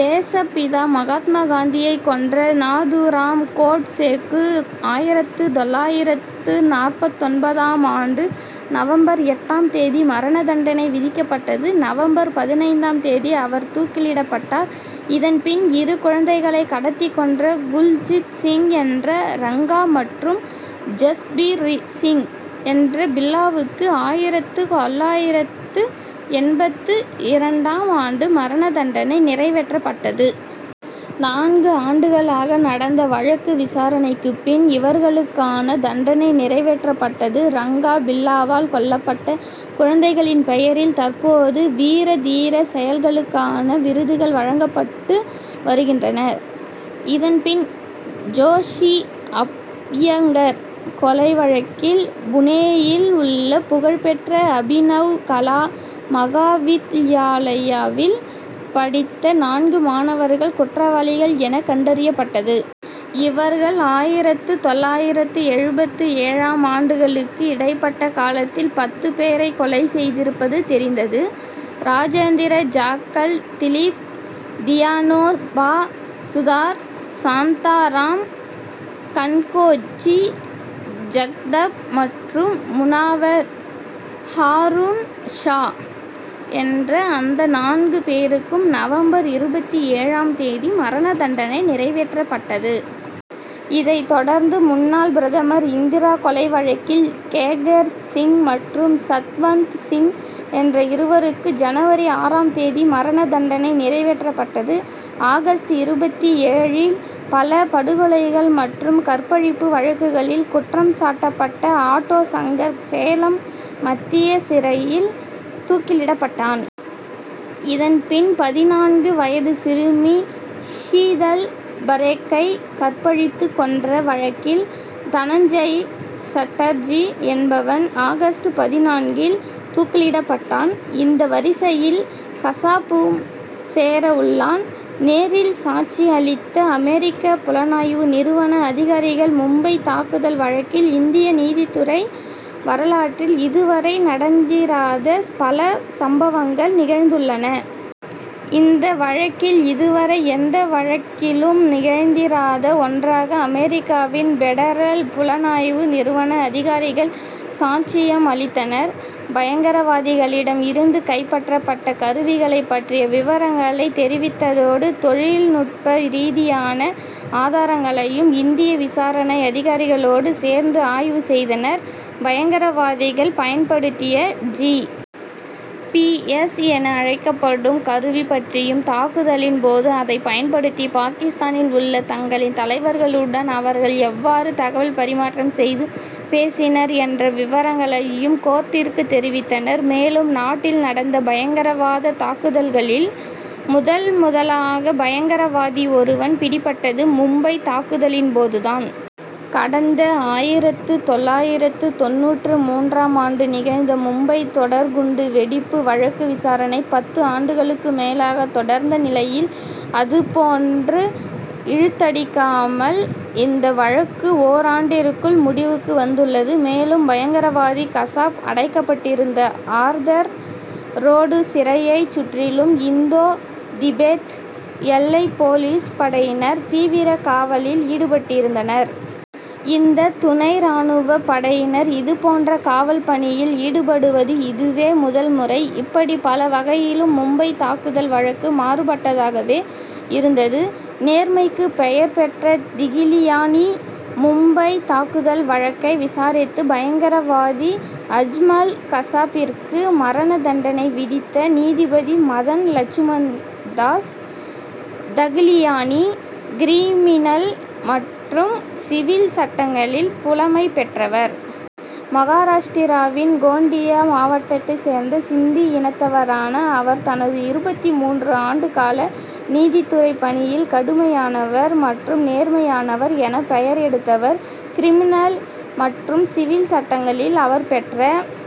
தேசப்பிதா மகாத்மா காந்தியை கொன்ற நாதுராம் கோட்சேக்கு ஆயிரத்து தொள்ளாயிரத்து நாற்பத்தொன்பதாம் ஆண்டு நவம்பர் எட்டாம் தேதி மரண தண்டனை விதிக்கப்பட்டது. நவம்பர் பதினைந்தாம் தேதி அவர் தூக்கிலிடப்பட்டார். இதன்பின் இரு குழந்தைகளை கடத்திக் கொன்ற குல்ஜீத்சிங் என்ற ரங்கா மற்றும் ஜஸ்பீர்சிங் என்ற பில்லாவுக்கு ஆயிரத்து தொள்ளாயிரத்து எண்பத்து இரண்டாம் ஆண்டு மரண தண்டனை நிறைவேற்றப்பட்டது. நான்கு ஆண்டுகளாக நடந்த வழக்கு விசாரணைக்குப் பின் இவர்களுக்கான தண்டனை நிறைவேற்றப்பட்டது. ரங்கா பில்லாவால் கொல்லப்பட்ட குழந்தைகளின் பெயரில் தற்போது வீரதீர செயல்களுக்கான விருதுகள் வழங்கப்பட்டு வருகின்றன. இதன்பின் ஜோஷி அப்யங்கர் கொலை வழக்கில் புனேயில் உள்ள புகழ்பெற்ற அபினவ் கலா மகாவித்யாலயாவில் படித்த நான்கு மாணவர்கள் குற்றவாளிகள் என கண்டறியப்பட்டது. இவர்கள் ஆயிரத்து தொள்ளாயிரத்து எழுபத்து ஏழாம் ஆண்டுகளுக்கு இடைப்பட்ட காலத்தில் பத்து பேரை கொலை செய்திருப்பது தெரிந்தது. ராஜேந்திர ஜாக்கல் திலீப் தியானோபா சுதார் சாந்தாராம் கன்கோஜி ஜக்தப் மற்றும் முனாவர் ஹாருண் ஷா என்ற அந்த நான்கு பேருக்கும் நவம்பர் இருபத்தி ஏழாம் தேதி மரண தண்டனை நிறைவேற்றப்பட்டது. இதைத் தொடர்ந்து முன்னாள் பிரதமர் இந்திரா கொலை வழக்கில் கேகர் சிங் மற்றும் சத்வந்த்சிங் என்ற இருவருக்கு ஜனவரி ஆறாம் தேதி மரண தண்டனை நிறைவேற்றப்பட்டது. ஆகஸ்ட் இருபத்தி ஏழில் பல படுகொலைகள் மற்றும் கற்பழிப்பு வழக்குகளில் குற்றம் சாட்டப்பட்ட ஆட்டோ சங்கர் சேலம் மத்திய சிறையில் தூக்கிலிடப்பட்டான். இதன்பின் பதினான்கு வயது சிறுமி ஹீதல் பரேக்கை கற்பழித்துக் கொன்ற வழக்கில் தனஞ்செய் சட்டர்ஜி என்பவன் ஆகஸ்ட் பதினான்கில் தூக்கிலிடப்பட்டான். இந்த வரிசையில் கசாப்பும் சேர உள்ளான். நேரில் சாட்சி அளித்த அமெரிக்க புலனாய்வு நிறுவன அதிகாரிகள் மும்பைத் தாக்குதல் வழக்கில் இந்திய நீதித்துறை வரலாற்றில் இதுவரை நடந்திராத பல சம்பவங்கள் நிகழ்ந்துள்ளன. இந்த வழக்கில் இதுவரை எந்த வழக்கிலும் நிகழ்ந்திராத ஒன்றாக அமெரிக்காவின் பெடரல் புலனாய்வு நிறுவன அதிகாரிகள் சாட்சியம் அளித்தனர். பயங்கரவாதிகளிடம் இருந்து கைப்பற்றப்பட்ட கருவிகளைப் பற்றிய விவரங்களை தெரிவித்ததோடு தொழில்நுட்ப ரீதியான ஆதாரங்களையும் இந்திய விசாரணை அதிகாரிகளோடு சேர்ந்து ஆய்வு செய்தனர். பயங்கரவாதிகள் பயன்படுத்திய ஜி. பி. எஸ். என அழைக்கப்படும் கருவி பற்றியும் தாக்குதலின் போது அதைப் பயன்படுத்தி பாகிஸ்தானில் உள்ள தங்களின் தலைவர்களுடன் அவர்கள் எவ்வாறு தகவல் பரிமாற்றம் செய்து பேசினர் என்ற விவரங்களையும் கோர்ட்டிற்கு தெரிவித்தனர். மேலும் நாட்டில் நடந்த பயங்கரவாத தாக்குதல்களில் முதல்முதலாக பயங்கரவாதி ஒருவன் பிடிபட்டது மும்பைத் தாக்குதலின் போதுதான். கடந்த ஆயிரத்து தொள்ளாயிரத்து தொண்ணூற்று மூன்றாம் ஆண்டு நிகழ்ந்த மும்பை தொடர் குண்டு வெடிப்பு வழக்கு விசாரணை பத்து ஆண்டுகளுக்கு மேலாக தொடர்ந்த நிலையில் அதுபோன்று இழுத்தடிக்காமல் இந்த வழக்கு ஓராண்டிற்குள் முடிவுக்கு வந்துள்ளது. மேலும் பயங்கரவாதி கசாப் அடைக்கப்பட்டிருந்த ஆர்தர் ரோடு சிறையைச் சுற்றிலும் இந்தோ திபெத் எல்லைப் போலீஸ் படையினர் தீவிர காவலில் ஈடுபட்டிருந்தனர். இந்த துணை ராணுவப் படையினர் இதுபோன்ற காவல் பணியில் ஈடுபடுவது இதுவே முதல் முறை. இப்படி பல வகையிலும் மும்பைத் தாக்குதல் வழக்கு மாறுபட்டதாகவே இருந்தது. நேர்மைக்கு பெயர் பெற்ற திகிலியானி மும்பைத் தாக்குதல் வழக்கை விசாரித்து பயங்கரவாதி அஜ்மல் கசாப்பிற்கு மரண தண்டனை விதித்த நீதிபதி மதன் லட்சுமண்தாஸ் தகிலியானி கிரிமினல் மற்றும் சிவில் சட்டங்களில் புலமை பெற்றவர். மகாராஷ்டிராவின் கோண்டியா மாவட்டத்தைச் சேர்ந்த சிந்தி இனத்தவரான அவர் தனது இருபத்தி மூன்று ஆண்டு கால நீதித்துறை பணியில் கடுமையானவர் மற்றும் நேர்மையானவர் என பெயர் எடுத்தவர். கிரிமினல் மற்றும் சிவில் சட்டங்களில் அவர் பெற்ற